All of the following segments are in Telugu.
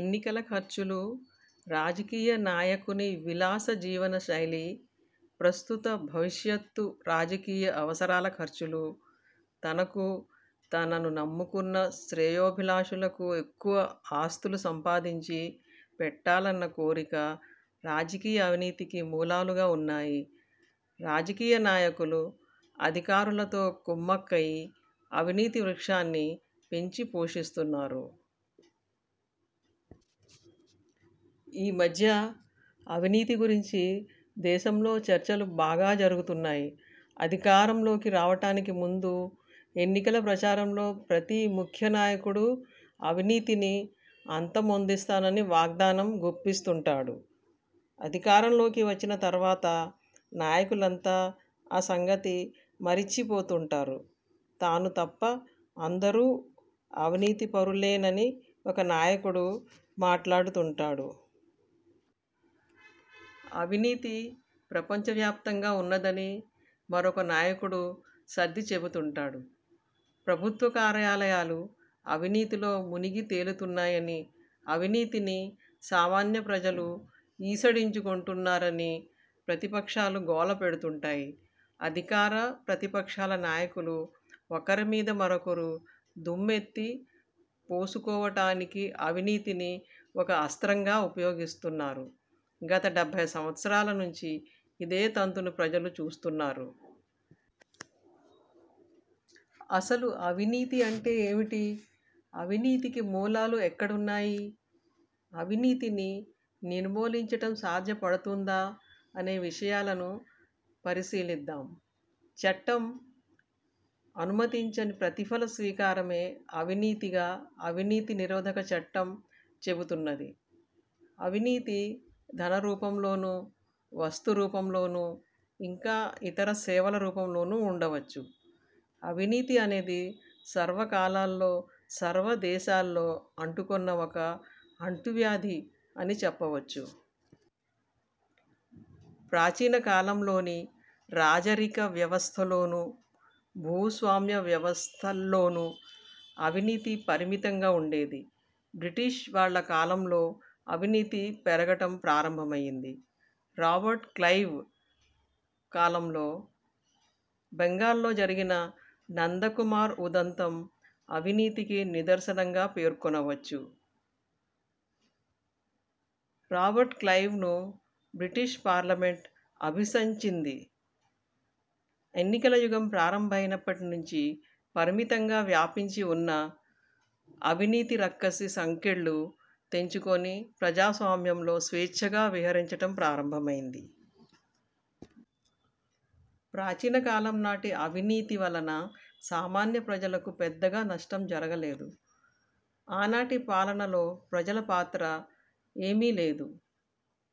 ఎన్నికల ఖర్చులు, రాజకీయ నాయకుని విలాస జీవన శైలి, ప్రస్తుత, భవిష్యత్తు రాజకీయ అవసరాల ఖర్చులు, తనకు, తనను నమ్ముకున్న శ్రేయోభిలాషులకు ఎక్కువ ఆస్తులు సంపాదించి పెట్టాలన్న కోరిక రాజకీయ అవినీతికి మూలాలుగా ఉన్నాయి. రాజకీయ నాయకులు అధికారులతో కుమ్మక్కయి అవినీతి వృక్షాన్ని పెంచి పోషిస్తున్నారు. ఈ మధ్య అవినీతి గురించి దేశంలో చర్చలు బాగా జరుగుతున్నాయి. అధికారంలోకి రావటానికి ముందు ఎన్నికల ప్రచారంలో ప్రతి ముఖ్య నాయకుడు అవినీతిని అంతమొందిస్తానని వాగ్దానం గుప్పిస్తుంటాడు. అధికారంలోకి వచ్చిన తర్వాత నాయకులంతా ఆ సంగతి మరిచిపోతుంటారు. తాను తప్ప అందరూ అవినీతిపరులేనని ఒక నాయకుడు మాట్లాడుతుంటాడు. అవినీతి ప్రపంచవ్యాప్తంగా ఉన్నదని మరొక నాయకుడు సర్దిచెబుతుంటాడు. ప్రభుత్వ కార్యాలయాలు అవినీతిలో మునిగి తేలుతున్నాయని, అవినీతిని సామాన్య ప్రజలు ఈసడించుకొంటున్నారని ప్రతిపక్షాలు గోలపెడుతుంటాయి. అధికార, ప్రతిపక్షాల నాయకులు ఒకరి మీద మరొకరు దుమ్మెత్తి పోసుకోవటానికి అవినీతిని ఒక అస్త్రంగా ఉపయోగిస్తున్నారు. గత డెబ్బై సంవత్సరాల నుంచి ఇదే తంతును ప్రజలు చూస్తున్నారు. అసలు అవినీతి అంటే ఏమిటి? అవినీతికి మూలాలు ఎక్కడున్నాయి? అవినీతిని నిర్మూలించటం సాధ్యపడుతుందా అనే విషయాలను పరిశీలిద్దాం. చట్టం అనుమతించని ప్రతిఫల స్వీకారమే అవినీతిగా అవినీతి నిరోధక చట్టం చెబుతున్నది. అవినీతి ధనరూపంలోను, వస్తురూపంలోను, ఇంకా ఇతర సేవల రూపంలోను ఉండవచ్చు. అవినీతి అనేది సర్వకాలాల్లో, సర్వదేశాల్లో అంటుకొన్న ఒక అంటువ్యాధి అని చెప్పవచ్చు. ప్రాచీన కాలంలోని రాజరిక వ్యవస్థలోను, భూస్వామ్య వ్యవస్థల్లోను అవినీతి పరిమితంగా ఉండేది. బ్రిటిష్ వాళ్ళ కాలంలో అవినీతి పెరగటం ప్రారంభమయ్యింది. రాబర్ట్ క్లైవ్ కాలంలో బెంగాల్లో జరిగిన నందకుమార్ ఉదంతం అవినీతికి నిదర్శనంగా పేర్కొనవచ్చు. రాబర్ట్ క్లైవ్ను బ్రిటిష్ పార్లమెంట్ అభిశంచింది. ఎన్నికల యుగం ప్రారంభమైనప్పటి నుంచి పరిమితంగా వ్యాపించి ఉన్న అవినీతి రక్కసి సంకెళ్ళు తెంచుకొని ప్రజాస్వామ్యంలో స్వేచ్ఛగా విహరించటం ప్రారంభమైంది. ప్రాచీన కాలం నాటి అవినీతి వలన సామాన్య ప్రజలకు పెద్దగా నష్టం జరగలేదు. ఆనాటి పాలనలో ప్రజల పాత్ర ఏమీ లేదు.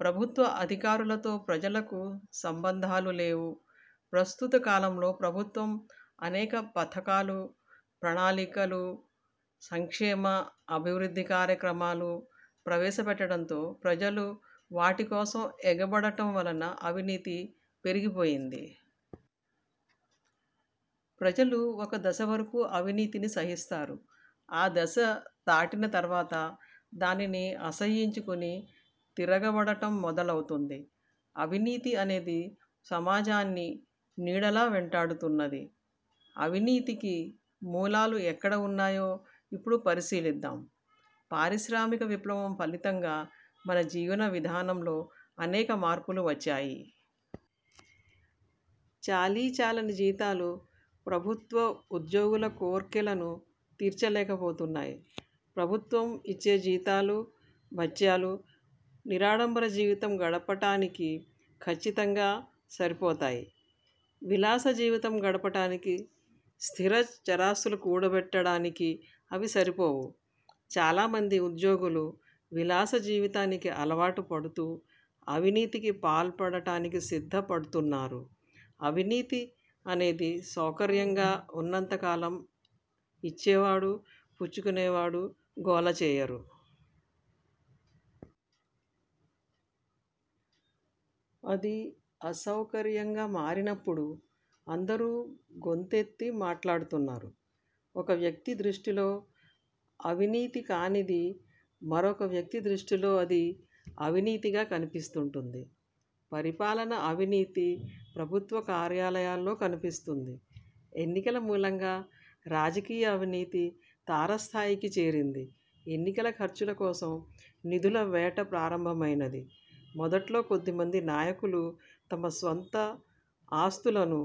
ప్రభుత్వ అధికారులతో ప్రజలకు సంబంధాలు లేవు. ప్రస్తుత కాలంలో ప్రభుత్వం అనేక పథకాలు, ప్రణాళికలు, సంక్షేమ, అభివృద్ధి కార్యక్రమాలు ప్రవేశపెట్టడంతో ప్రజలు వాటి కోసం ఎగబడటం వలన అవినీతి పెరిగిపోయింది. ప్రజలు ఒక దశ వరకు అవినీతిని సహిస్తారు. ఆ దశ దాటిన తర్వాత దానిని అసహ్యించుకుని తిరగబడటం మొదలవుతుంది. అవినీతి అనేది సమాజాన్ని నీడలా వెంటాడుతున్నది. అవినీతికి మూలాలు ఎక్కడ ఉన్నాయో ఇప్పుడు పరిశీలిద్దాం. పారిశ్రామిక విప్లవం ఫలితంగా మన జీవన విధానంలో అనేక మార్పులు వచ్చాయి. చాలీచాలని జీతాలు ప్రభుత్వ ఉద్యోగుల కోర్కెలను తీర్చలేకపోతున్నాయి. ప్రభుత్వం ఇచ్చే జీతాలు, భత్యాలు నిరాడంబర జీవితం గడపటానికి ఖచ్చితంగా సరిపోతాయి. విలాస జీవితం గడపటానికి, స్థిర, చరాస్తులు కూడబెట్టడానికి అవి సరిపోవు. చాలామంది ఉద్యోగులు విలాస జీవితానికి అలవాటుపడుతూ అవినీతికి పాల్పడటానికి సిద్ధపడుతున్నారు. అవినీతి అనేది సౌకర్యంగా ఉన్నంత కాలం ఇచ్చేవాడు, పుచ్చుకునేవాడు గోల చేయరు. అది అసౌకర్యంగా మారినప్పుడు అందరూ గొంతెత్తి మాట్లాడుతున్నారు. ఒక వ్యక్తి దృష్టిలో అవినీతి కానిది మరొక వ్యక్తి దృష్టిలో అది అవినీతిగా కనిపిస్తుంటుంది. పరిపాలన అవినీతి ప్రభుత్వ కార్యాలయాల్లో కనిపిస్తుంది. ఎన్నికల మూలంగా రాజకీయ అవినీతి తారస్థాయికి చేరింది. ఎన్నికల ఖర్చుల కోసం నిధుల వేట ప్రారంభమైనది. మొదట్లో కొద్దిమంది నాయకులు తమ స్వంత ఆస్తులను